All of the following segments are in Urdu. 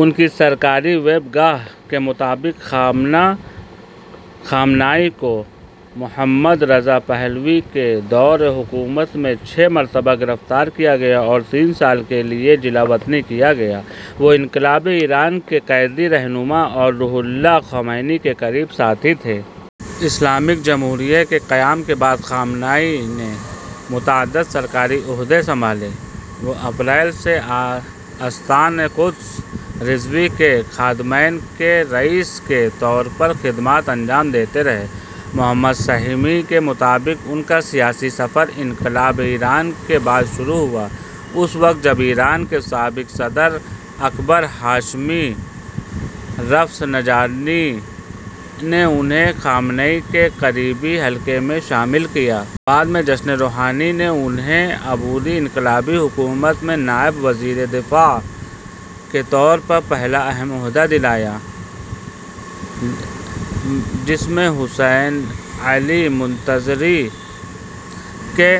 ان کی سرکاری ویب گاہ کے مطابق خامنہ ای کو محمد رضا پہلوی کے دور حکومت میں چھ مرتبہ گرفتار کیا گیا اور تین سال کے لیے جلاوطن کیا گیا۔ وہ انقلاب ایران کے کلیدی رہنما اور روح اللہ خمینی کے قریبی ساتھی تھے۔ اسلامی جمہوریہ کے قیام کے بعد خامنہ ای نے متعدد سرکاری عہدے سنبھالے۔ وہ اپریل ء سے آستان قدس رضوی کے خادمین کے رئیس کے طور پر خدمات انجام دیتے رہے۔ محمد سہیمی کے مطابق ان کا سیاسی سفر انقلاب ایران کے بعد شروع ہوا اس وقت جب ایران کے سابق صدر اکبر ہاشمی رفسنجانی نے انھیں خمینی کے قریبی حلقے میں شامل کیا۔ بعد میں حسن روحانی نے انھیں عبوری انقلابی حکومت میں نائب وزیر دفاع کے طور پر پہلا اہم عہدہ دلایا۔ ء میں حسین علی منتظری کے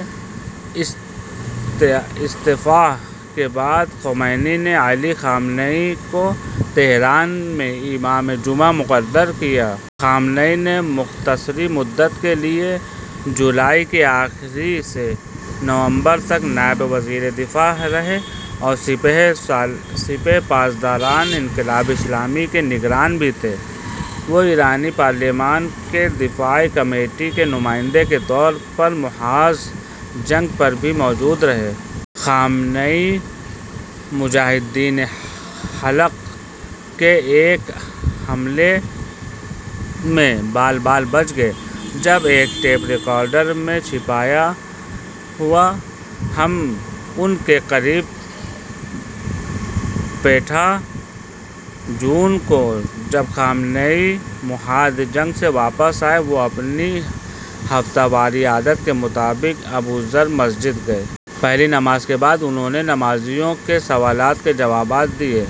استعفا کے بعد خمینی نے علی خامنہ ای کو تہران میں امامِ جمعہ مقرر کیا۔ خامنہ ای مختصر مدت کے لیے ء کے جولائی کے آخر سے نومبر تک نائب وزیر دفاع رہے اور سپاہ پاسداران انقلاب اسلامی کے نگران بھی تھے۔ وہ ایرانی پارلیمان کی دفاعی کمیٹی کے نمائندے کے طور پر محاذ جنگ پر بھی موجود رہے۔ خامنہ ای مجاہدین خلق کے ایک بم حملے میں بال بال بچ گئے، جب ایک ٹیپ ریکارڈر میں چھپایا ہوا بم ان کے قریب پھٹا۔ جون ء کو جب خامنہ ای محاذ جنگ سے واپس آئے، وہ اپنی ہفتہ وار عادت کے مطابق ابو ذر مسجد گئے۔ پہلی نماز کے بعد انھوں نے نمازیوں کے سوالات کے جوابات دیے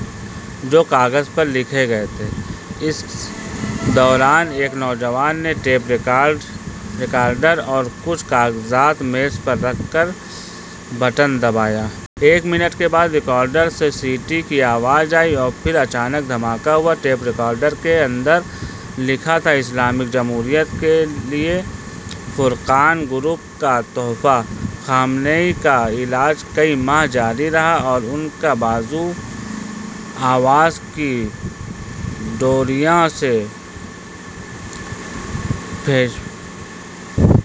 جو کاغذ پر لکھے گئے تھے۔ اس دوران ایک نوجوان نے ٹیپ ریکارڈر اور کچھ کاغذات میز پر رکھ کر بٹن دبایا۔ ایک منٹ بعد ریکارڈر سے سیٹی کی آواز آئی اور پھر اچانک دھماکا ہوا۔ ٹیپ ریکارڈر کے اندر لکھا تھا: "اسلامی جمہوریہ کے لیے فرقان گروپ کا تحفہ"۔ خامنہ ای کا علاج کئی ماہ جاری رہا اور ان کا بازو، آواز کی ڈوریاں اور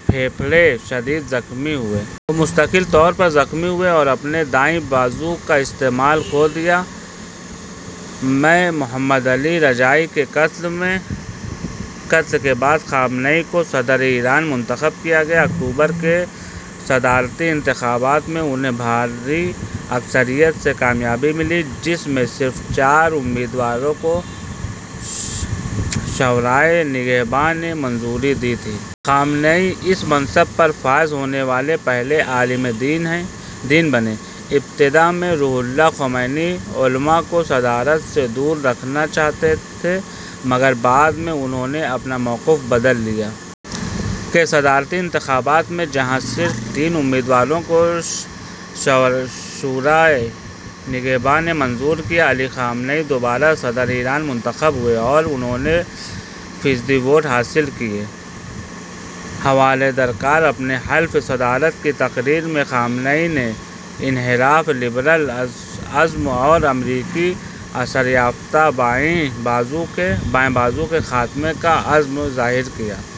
پھیپھڑے شدید زخمی ہوئے۔ وہ مستقل طور پر زخمی ہوئے اور اپنے دائیں بازو کا استعمال کھو دیا۔ ء میں محمد علی رجائی کے قتل کے بعد خامنہ ای کو صدرِ ایران منتخب کیا گیا۔ اکتوبر ء کے صدارتی انتخاب میں انھیں بھاری اکثریت سے کامیابی ملی، جس میں صرف چار امیدواروں کو شورائے نگہبان نے منظوری دی تھی۔ خامنہ ای اس منصب پر فائز ہونے والے پہلے عالم دین بنے۔ ابتدا میں روح اللہ خمینی علما کو صدارت سے دور رکھنا چاہتے تھے مگر بعد میں انھوں نے اپنا موقف بدل لیا۔ ء کے صدارتی انتخاب میں جہاں صرف تین امیدواروں کو شورائے نگہبان نے منظور کیا، علی خامنہ ای دوبارہ صدرِ ایران منتخب ہوئے اور انھوں نے فیصد ووٹ حاصل کیے۔ حوالہ درکار اپنے حلفِ صدارت کی تقریر میں خامنہ ای نے "انحراف، لبرل ازم اور امریکی اثر یافتہ بائیں بازو" کے خاتمے کا عزم ظاہر کیا۔